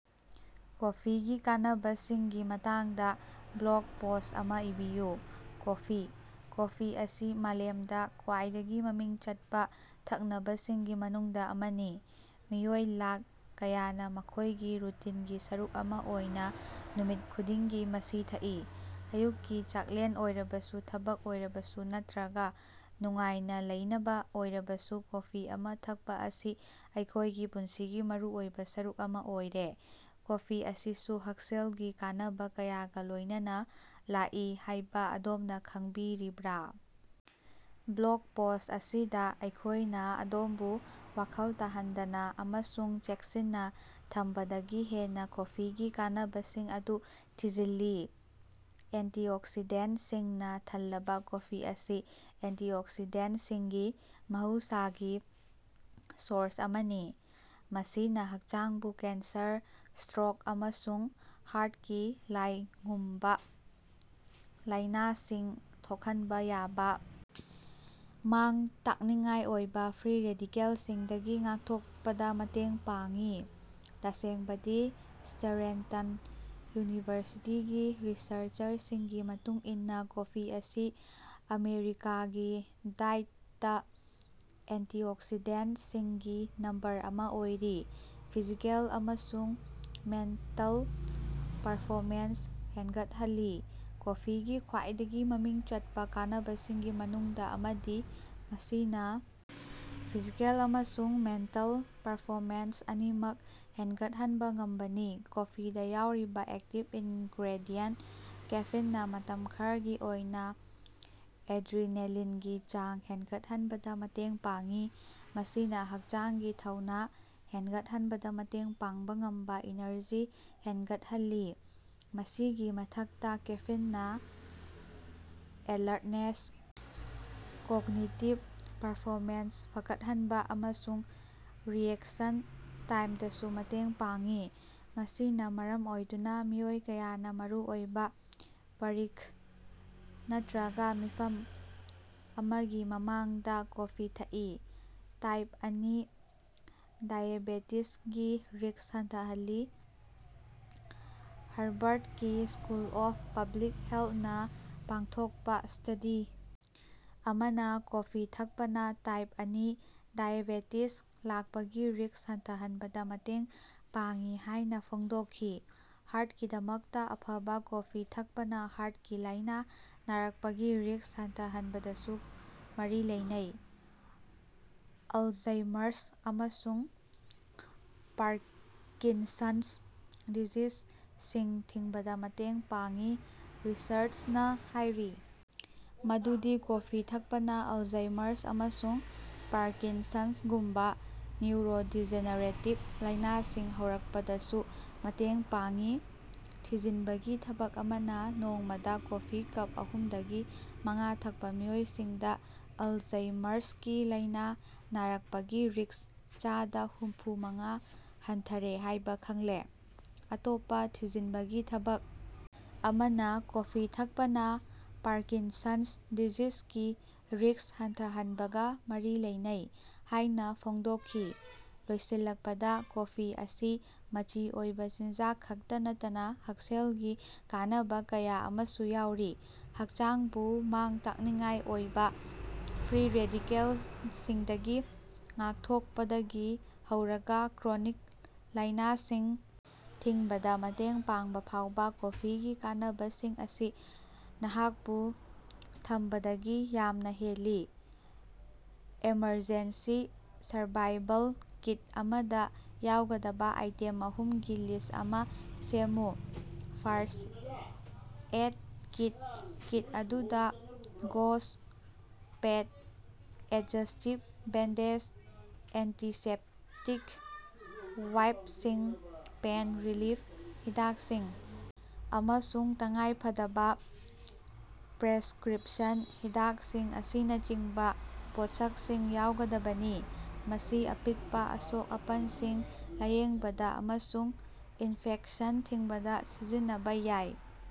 ꯀꯣꯐꯤꯒꯤ ꯀꯥꯟꯅꯕꯁꯤꯡꯒꯤ ꯃꯇꯥꯡꯗ blog post ꯑꯃ ꯏꯕꯤꯌꯨ꯫ ꯀꯣꯐꯤ: ꯀꯣꯐꯤ ꯑꯁꯤ ꯃꯥꯂꯦꯝꯗ ꯈ꯭ꯋꯥꯏꯗꯒꯤ ꯃꯃꯤꯡ ꯆꯠꯄ ꯊꯛꯅꯕꯁꯤꯡꯒꯤ ꯃꯅꯨꯡꯗ ꯑꯃꯅꯤ꯫ ꯃꯤꯑꯣꯏ ꯂꯥꯈ ꯀꯌꯥꯅ ꯃꯈꯣꯏꯒꯤ ꯔꯨꯇꯤꯟꯒꯤ ꯁꯔꯨꯛ ꯑꯃ ꯑꯣꯏꯅ ꯅꯨꯃꯤꯠ ꯈꯨꯗꯤꯡꯒꯤ ꯃꯁꯤ ꯊꯛꯏ꯫ ꯑꯌꯨꯛꯀꯤ ꯆꯥꯛꯂꯦꯟ ꯑꯣꯏꯔꯕꯁꯨ, ꯊꯕꯛ ꯑꯣꯏꯔꯕꯁꯨ ꯅꯠꯇ꯭ꯔꯒ ꯅꯨꯡꯉꯥꯏꯅ ꯂꯩꯅꯕ ꯑꯣꯏꯔꯕꯁꯨ, ꯀꯣꯐꯤ ꯑꯃ ꯊꯛꯄ ꯑꯁꯤ ꯑꯩꯈꯣꯏꯒꯤ ꯄꯨꯟꯁꯤꯒꯤ ꯃꯔꯨꯑꯣꯏꯕ ꯁꯔꯨꯛ ꯑꯃ ꯑꯣꯏꯔꯦ꯫ ꯀꯣꯐꯤ ꯑꯁꯤꯁꯨ ꯍꯛꯁꯦꯜꯒꯤ ꯀꯥꯟꯅꯕ ꯀꯌꯥꯒ ꯂꯣꯌꯅꯅ ꯂꯥꯛꯏ ꯍꯥꯏꯕ ꯑꯗꯣꯝꯅ ꯈꯪꯕꯤꯔꯤꯕ꯭ꯔꯥ? ꯕ꯭ꯂꯣꯒ ꯄꯣꯁ꯭ꯠ ꯑꯁꯤꯗ ꯑꯩꯈꯣꯏꯅ ꯑꯗꯣꯝꯕꯨ ꯋꯥꯈꯜ ꯇꯥꯍꯟꯗꯅ ꯑꯃꯁꯨꯡ ꯆꯦꯛꯁꯤꯟꯅ ꯊꯝꯕꯗꯒꯤ ꯍꯦꯟꯅ ꯀꯣꯐꯤꯒꯤ ꯀꯥꯟꯅꯕꯁꯤꯡ ꯑꯗꯨ ꯊꯤꯖꯤꯜꯂꯤ꯫ ꯑꯦꯟꯇꯤꯑꯣꯛꯁꯤꯗꯦꯟꯇꯁꯤꯡꯅ ꯊꯜꯂꯕ ꯀꯣꯐꯤ ꯑꯁꯤ ꯑꯦꯟꯇꯤꯑꯣꯛꯁꯤꯗꯦꯟꯇꯁꯤꯡꯒꯤ ꯃꯍꯧꯁꯥꯒꯤ ꯁꯣꯔꯁ ꯑꯃꯅꯤ꯫ ꯃꯁꯤꯅ ꯍꯛꯆꯥꯡꯕꯨ ꯀꯦꯟꯁꯔ, ꯁ꯭ꯇꯔꯣꯛ ꯑꯃꯁꯨꯡ ꯍꯥꯔꯠꯀꯤ ꯂꯥꯏꯉꯨꯝꯕ ꯂꯥꯏꯅꯁꯤꯡ ꯊꯣꯛꯍꯟꯕ ꯌꯥꯕ ꯃꯥꯡ-ꯇꯥꯛꯅꯤꯡꯉꯥꯏ ꯑꯣꯏꯕ ꯐ꯭ꯔꯤ ꯔꯦꯗꯤꯀꯦꯜꯁꯤꯡꯗꯒꯤ ꯉꯥꯛꯊꯣꯛꯄꯗ ꯃꯇꯦꯡ ꯄꯥꯡꯉꯤ꯫ ꯇꯁꯦꯡꯕꯗꯤ ꯁ꯭ꯇꯔꯦꯟꯇꯟ ꯌꯨꯅꯤꯚꯔꯁꯤꯇꯤꯒꯤ ꯔꯤꯁꯔꯆꯔꯁꯤꯡꯒꯤ ꯃꯇꯨꯡ ꯏꯟꯅ ꯀꯣꯐꯤ ꯑꯁꯤ ꯑꯃꯦꯔꯤꯀꯥꯒꯤ ꯗꯥꯏꯠꯇ ꯑꯦꯟꯇꯤꯑꯣꯛꯁꯤꯗꯦꯟꯇꯁꯤꯡꯒꯤ ꯅꯝꯕꯔ ꯑꯃ ꯑꯣꯏꯔꯤ꯫ ꯐꯤꯖꯤꯀꯦꯜ ꯑꯃꯁꯨꯡ ꯃꯦꯟꯇꯜ ꯄꯔꯐꯣꯃꯦꯟꯁ ꯍꯦꯟꯒꯠꯍꯜꯂꯤ꯫ꯀꯣꯐꯤꯒꯤ ꯈ꯭ꯋꯥꯏꯗꯒꯤ ꯃꯃꯤꯡ ꯆꯠꯄ ꯀꯥꯟꯅꯕꯁꯤꯡꯒꯤ ꯃꯅꯨꯡꯗ ꯑꯃꯗꯤ ꯃꯁꯤꯅ ꯐꯤꯖꯤꯀꯦꯜ ꯑꯃꯁꯨꯡ ꯃꯦꯟꯇꯜ ꯄꯔꯐꯣꯃꯦꯟꯁ ꯑꯅꯤꯃꯛ ꯍꯦꯟꯒꯠꯍꯟꯕ ꯉꯝꯕꯅꯤ꯫ ꯀꯣꯐꯤꯗ ꯌꯥꯎꯔꯤꯕ ꯑꯦꯛꯇꯤꯚ ꯏꯟꯒ꯭ꯔꯦꯗꯤꯌꯦꯟꯇ ꯀꯦꯐꯤꯟꯅ ꯃꯇꯝ ꯈꯔꯒꯤ ꯑꯣꯏꯅ ꯑꯦꯗ꯭ꯔꯤꯅꯦꯂꯤꯟꯒꯤ ꯆꯥꯡ ꯍꯦꯟꯒꯠꯍꯟꯕꯗ ꯃꯇꯦꯡ ꯄꯥꯡꯉꯤ꯫ ꯃꯁꯤꯅ ꯍꯛꯆꯥꯡꯒꯤ ꯊꯧꯅ ꯍꯦꯟꯒꯠꯍꯟꯕꯗ ꯃꯇꯦꯡ ꯄꯥꯡꯕ ꯉꯝꯕ ꯏꯅꯔꯖꯤ ꯍꯦꯟꯒꯠꯍꯜꯂꯤ꯫ ꯃꯁꯤꯒꯤ ꯃꯊꯛꯇ ꯀꯦꯐꯤꯟꯅ ꯑꯦꯂꯔꯠꯅꯦꯁ, ꯀꯣꯒꯅꯤꯇꯤꯚ ꯄꯔꯐꯣꯃꯦꯟꯁ ꯐꯒꯠꯍꯟꯕ ꯑꯃꯁꯨꯡ ꯔꯤꯑꯦꯛꯁꯟ ꯇꯥꯏꯝꯗꯁꯨ ꯃꯇꯦꯡ ꯄꯥꯡꯉꯤ꯫ ꯃꯁꯤꯅ ꯃꯔꯝ ꯑꯣꯏꯗꯨꯅ ꯃꯤꯑꯣꯏ ꯀꯌꯥꯅ ꯃꯔꯨꯑꯣꯏꯕ ꯄꯔꯤꯈ ꯅꯠꯇ꯭ꯔꯒ ꯃꯤꯐꯝ ꯑꯃꯒꯤ ꯃꯃꯥꯡꯗ ꯀꯣꯐꯤ ꯊꯛꯏ꯫ ꯇꯥꯏꯞ ꯑꯅꯤ- ꯗꯥꯏꯑꯦꯕꯦꯇꯤꯖꯒꯤ ꯔꯤꯁ꯭ꯛ ꯍꯟꯊꯍꯜꯂꯤ ꯍꯔꯕꯔꯗꯀꯤ ꯁ꯭ꯀꯨꯜ ꯑꯣꯐ ꯄꯕ꯭ꯂꯤꯛ ꯍꯦꯜꯊꯅ ꯄꯥꯡꯊꯣꯛꯄ ꯁ꯭ꯇꯗꯤ ꯑꯃꯅ ꯀꯣꯐꯤ ꯊꯛꯄꯅ ꯇꯥꯏꯞ ꯑꯅꯤ ꯗꯥꯏꯑꯦꯕꯦꯇꯤꯖ ꯂꯥꯛꯄꯒꯤ ꯔꯤꯁ꯭ꯛ ꯍꯟꯊꯍꯟꯕꯗ ꯃꯇꯦꯡ ꯄꯥꯡꯉꯤ ꯍꯥꯏꯅ ꯐꯣꯡꯗꯣꯛꯈꯤ꯫ ꯍꯥꯔꯠꯀꯤꯗꯃꯛꯇ ꯑꯐꯕ ꯀꯣꯐꯤ ꯊꯛꯄꯅ ꯍꯥꯔꯠꯀꯤ ꯂꯥꯏꯅꯥ ꯅꯥꯔꯛꯄꯒꯤ ꯔꯤꯁ꯭ꯛ ꯍꯟꯊꯍꯟꯕꯗꯁꯨ ꯃꯔꯤ ꯂꯩꯅꯩ꯫ ꯑꯜꯖꯩꯃꯔꯁ ꯑꯃꯁꯨꯡ ꯄꯥꯔꯀꯤꯟꯁꯟꯁ ꯗꯤꯖꯤꯖꯁꯤꯡ ꯊꯤꯡꯕꯗ ꯃꯇꯦꯡ ꯄꯥꯡꯉꯤ ꯔꯤꯁꯔꯆꯅ ꯍꯥꯏꯔꯤ ꯃꯗꯨꯗꯤ ꯀꯣꯐꯤ ꯊꯛꯄꯅ ꯑꯜꯖꯩꯃꯔꯁ ꯑꯃꯁꯨꯡ ꯄꯥꯔꯀꯤꯟꯁꯟꯁꯒꯨꯝꯕ ꯅ꯭ꯌꯨꯔꯣꯗꯤꯖꯦꯅꯦꯔꯦꯇꯤꯚ ꯂꯥꯏꯅꯥꯁꯤꯡ ꯍꯧꯔꯛꯄꯗꯁꯨ ꯃꯇꯦꯡ ꯄꯥꯡꯉꯤ꯫ ꯊꯤꯖꯤꯟꯕꯒꯤ ꯊꯕꯛ ꯑꯃꯅ ꯅꯣꯡꯃꯗ ꯀꯣꯐꯤ ꯀꯞ ꯑꯍꯨꯝꯗꯒꯤ ꯃꯉꯥ ꯊꯛꯄ ꯃꯤꯑꯣꯏꯁꯤꯡꯗ ꯑꯜꯖꯩꯃꯔꯁꯀꯤ ꯂꯥꯏꯅꯥ ꯅꯥꯔꯛꯄꯒꯤ ꯔꯤꯁ꯭ꯛ ꯆꯥꯗ ꯍꯨꯝꯐꯨꯃꯉꯥ ꯍꯟꯊꯔꯦ ꯍꯥꯏꯕ ꯈꯪꯂꯦ꯫ ꯑꯇꯣꯞꯄ ꯊꯤꯖꯤꯟꯕꯒꯤ ꯊꯕꯛ ꯑꯃꯅ ꯀꯣꯐꯤ ꯊꯛꯄꯅ ꯄꯥꯔꯀꯤꯟꯁꯟꯁ ꯗꯤꯖꯤꯖꯀꯤ ꯔꯤꯁ꯭ꯛ ꯍꯟꯊꯍꯟꯕꯒ ꯃꯔꯤ ꯂꯩꯅꯩ ꯍꯥꯏꯅ ꯐꯣꯡꯗꯣꯛꯈꯤ꯫ ꯂꯣꯏꯁꯤꯜꯂꯛꯄꯗ, ꯀꯣꯐꯤ ꯑꯁꯤ ꯃꯆꯤ ꯑꯣꯏꯕ ꯆꯤꯟꯖꯥꯛ ꯈꯛꯇ ꯅꯠꯇꯅ ꯍꯛꯁꯦꯜꯒꯤ ꯀꯥꯟꯅꯕ ꯀꯌꯥ ꯑꯃꯁꯨ ꯌꯥꯎꯔꯤ꯫ ꯍꯛꯆꯥꯡꯕꯨ ꯃꯥꯡ-ꯇꯥꯛꯅꯤꯡꯉꯥꯏ ꯑꯣꯏꯕ ꯐ꯭ꯔꯤ ꯔꯦꯗꯤꯀꯦꯜꯁꯤꯡꯗꯒꯤ ꯉꯥꯛꯊꯣꯛꯄꯗꯒꯤ ꯍꯧꯔꯒ ꯀ꯭ꯔꯣꯅꯤꯛ ꯂꯥꯏꯅꯁꯤꯡ ꯊꯤꯡꯕꯗ ꯃꯇꯦꯡ ꯄꯥꯡꯕꯐꯥꯎꯕ ꯀꯣꯐꯤꯒꯤ ꯀꯥꯟꯅꯕꯁꯤꯡ ꯑꯁꯤ ꯅꯍꯥꯛꯄꯨ ꯊꯝꯕꯗꯒꯤ ꯌꯥꯝꯅ ꯍꯦꯜꯂꯤ꯫ ꯑꯦꯃꯔꯖꯦꯟꯁꯤ ꯁꯔꯚꯥꯏꯚꯜ ꯀꯤꯠ ꯑꯃꯗ ꯌꯥꯎꯒꯗꯕ ꯑꯥꯏꯇꯦꯝ ꯑꯍꯨꯝꯒꯤ ꯂꯤꯁ꯭ꯠ ꯑꯃ ꯁꯦꯝꯃꯨ꯫ꯐꯥꯔꯁꯠ ꯑꯦꯏꯗ ꯀꯤꯠ: ꯀꯤꯠ ꯑꯗꯨꯗ gauze, pad, adhesive bandage, antiseptic ꯋꯥꯏꯞꯁꯤꯡ, ꯄꯦꯟ ꯔꯤꯂꯤꯐ ꯍꯤꯗꯥꯛꯁꯤꯡ ꯑꯃꯁꯨꯡ ꯇꯉꯥꯏꯐꯗꯕ ꯄ꯭ꯔꯦꯁꯀ꯭ꯔꯤꯞꯁꯟ ꯍꯤꯗꯥꯛꯁꯤꯡ ꯑꯁꯤꯅꯆꯤꯡꯕ ꯄꯣꯠꯁꯛꯁꯤꯡ ꯌꯥꯎꯒꯗꯕꯅꯤ꯫ ꯃꯁꯤ ꯑꯄꯤꯛꯄ ꯑꯁꯣꯛ-ꯑꯄꯟꯁꯤꯡ ꯂꯥꯏꯌꯦꯡꯕꯗ ꯑꯃꯁꯨꯡ ꯏꯟꯐꯦꯛꯁꯟ ꯊꯤꯡꯕꯗ ꯁꯤꯖꯤꯟꯅꯕ ꯌꯥꯏ꯫